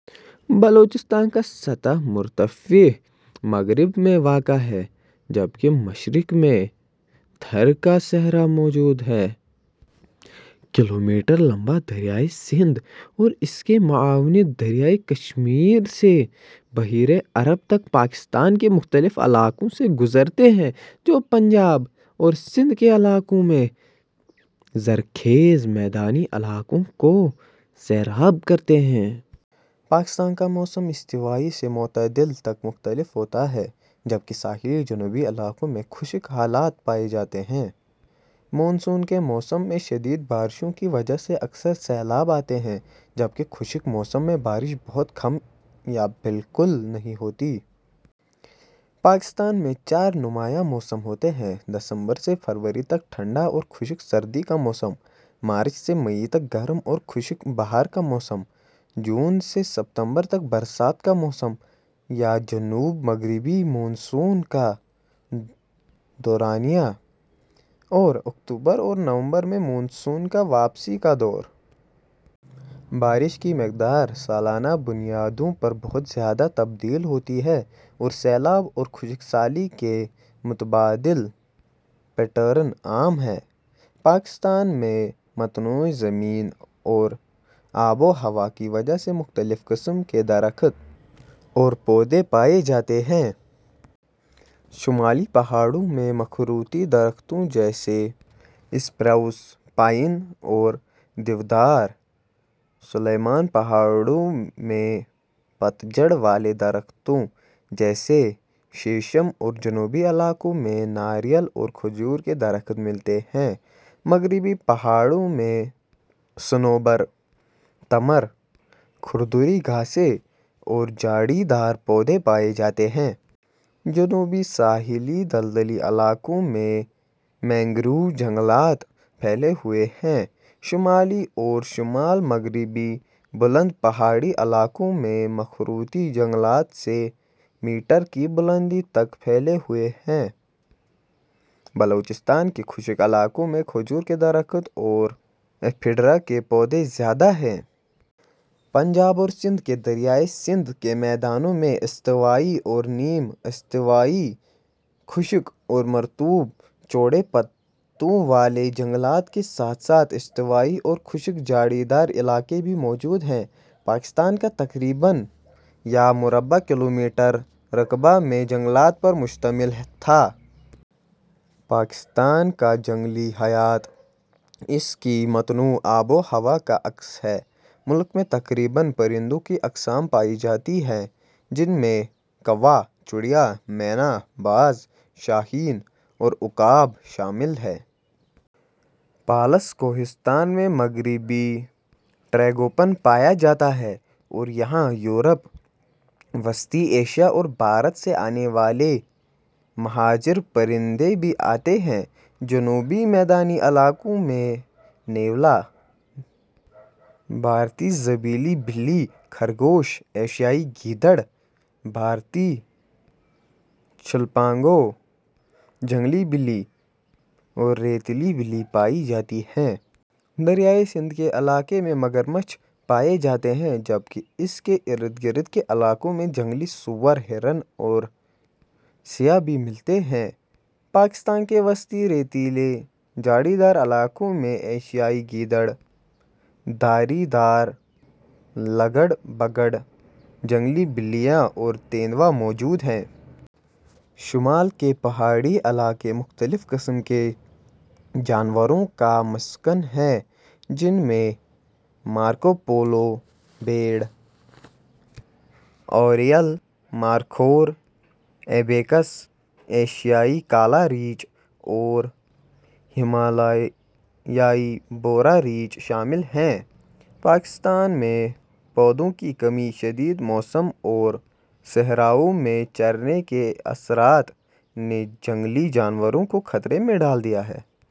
بلوچستان کا سطح مرتفع مغرب میں واقع ہے جبکہ مشرق میں تھر کا صحرا موجود ہے۔ کلومیٹر لمبا دریائے سندھ اور اس کے معاون دریا کشمیر سے بحیرہ عرب تک پاکستان کے مختلف علاقوں سے گزرتے ہیں، جو پنجاب اور سندھ کے علاقوں میں زرخیز میدانی علاقوں کو سیراب کرتے ہیں۔ پاکستان کا موسم استوائی سے معتدل تک مختلف ہوتا ہے، جبکہ ساحلی جنوبی علاقوں میں خشک حالات پائے جاتے ہیں۔ مون سون کے موسم میں شدید بارشوں کی وجہ سے اکثر سیلاب آتے ہیں، جبکہ خشک موسم میں بارش بہت کم یا بالکل نہیں ہوتی۔ پاکستان میں چار نمایاں موسم ہوتے ہیں: دسمبر سے فروری تک ٹھنڈا اور خشک سردی کا موسم؛ مارچ سے مئی تک گرم اور خشک بہار کا موسم؛ جون سے ستمبر تک برسات کا موسم یا جنوب مغربی مون سون کا دورانیہ؛ اور اکتوبر اور نومبر میں مون سون کا واپسی کا دور۔ بارش کی مقدار سالانہ بنیادوں پر بہت زیادہ تبدیل ہوتی ہے اور سیلاب اور خشک سالی کے متبادل پیٹرن عام ہیں۔ پاکستان میں متنوع زمین اور آب و ہوا کی وجہ سے مختلف قسم کے درخت اور پودے پائے جاتے ہیں۔ شمالی پہاڑوں میں مخروطی درختوں جیسے اسپروس، پائن اور دیودار، سلیمان پہاڑوں میں پت جھڑ والے درختوں جیسے شیشم اور جنوبی علاقوں میں ناریل اور کھجور کے درخت ملتے ہیں۔ مغربی پہاڑوں میں صنوبر، تمر، کھردری گھاسیں اور جھاڑی دار پودے پائے جاتے ہیں۔ جنوبی ساحلی دلدلی علاقوں میں مینگروو جنگلات پھیلے ہوئے ہیں۔ شمالی اور شمال مغربی بلند پہاڑی علاقوں میں مخروطی جنگلات سے میٹر کی بلندی تک پھیلے ہوتے ہیں۔ بلوچستان کے خشک علاقوں میں کھجور کے درخت اور افیڈرا کے پودے زیادہ ہیں۔ پنجاب اور سندھ کے دریائے سندھ کے میدانوں میں استوائی اور نیم استوائی خشک اور مرطوب چوڑے پتوں والے جنگلات کے ساتھ ساتھ استوائی اور خشک جھاڑی دار علاقے بھی موجود ہیں۔ پاکستان کا تقریباً یا مربع کلومیٹر رقبہ میں جنگلات پر مشتمل تھا۔ پاکستان کا جنگلی حیات اس کی متنوع آب و ہوا کا عکس ہے۔ ملک میں تقریباً پرندوں کی اقسام پائی جاتی ہیں جن میں کوا، چڑیا، مینا، باز، شاہین اور عقاب شامل ہیں۔ پالس، کوہستان میں مغربی ٹریگوپن پایا جاتا ہے اور یہاں یورپ، وسطی ایشیا اور بھارت سے آنے والے مہاجر پرندے بھی آتے ہیں۔ جنوبی میدانی علاقوں میں نیولا، بھارتی زبیلی بلی، خرگوش، ایشیائی گیدڑ، بھارتی چھلپانگو، جنگلی بلی اور ریتلی بلی پائی جاتی ہیں۔ دریائے سندھ کے علاقے میں مگرمچھ پائے جاتے ہیں جبکہ اس کے اردگرد کے علاقوں میں جنگلی سور، ہرن اور سیہ بھی ملتے ہیں۔ پاکستان کے وسطی ریتیلے جھاڑی دار علاقوں میں ایشیائی گیدڑ، دھاری دار لگڑبگڑ، جنگلی بلیاں اور تیندوا موجود ہیں۔ شمال کے پہاڑی علاقے مختلف قسم کے جانوروں کا مسکن ہیں جن میں مارکو پولو بھیڑ، اورئیل، مارخور، آئبیکس، ایشیائی کالا ریچھ اور ہمالیائی بھورا ریچھ شامل ہیں۔ پاکستان میں پودوں کی کمی، شدید موسم اور صحراوں میں چرنے کے اثرات نے جنگلی جانوروں کو خطرے میں ڈال دیا ہے۔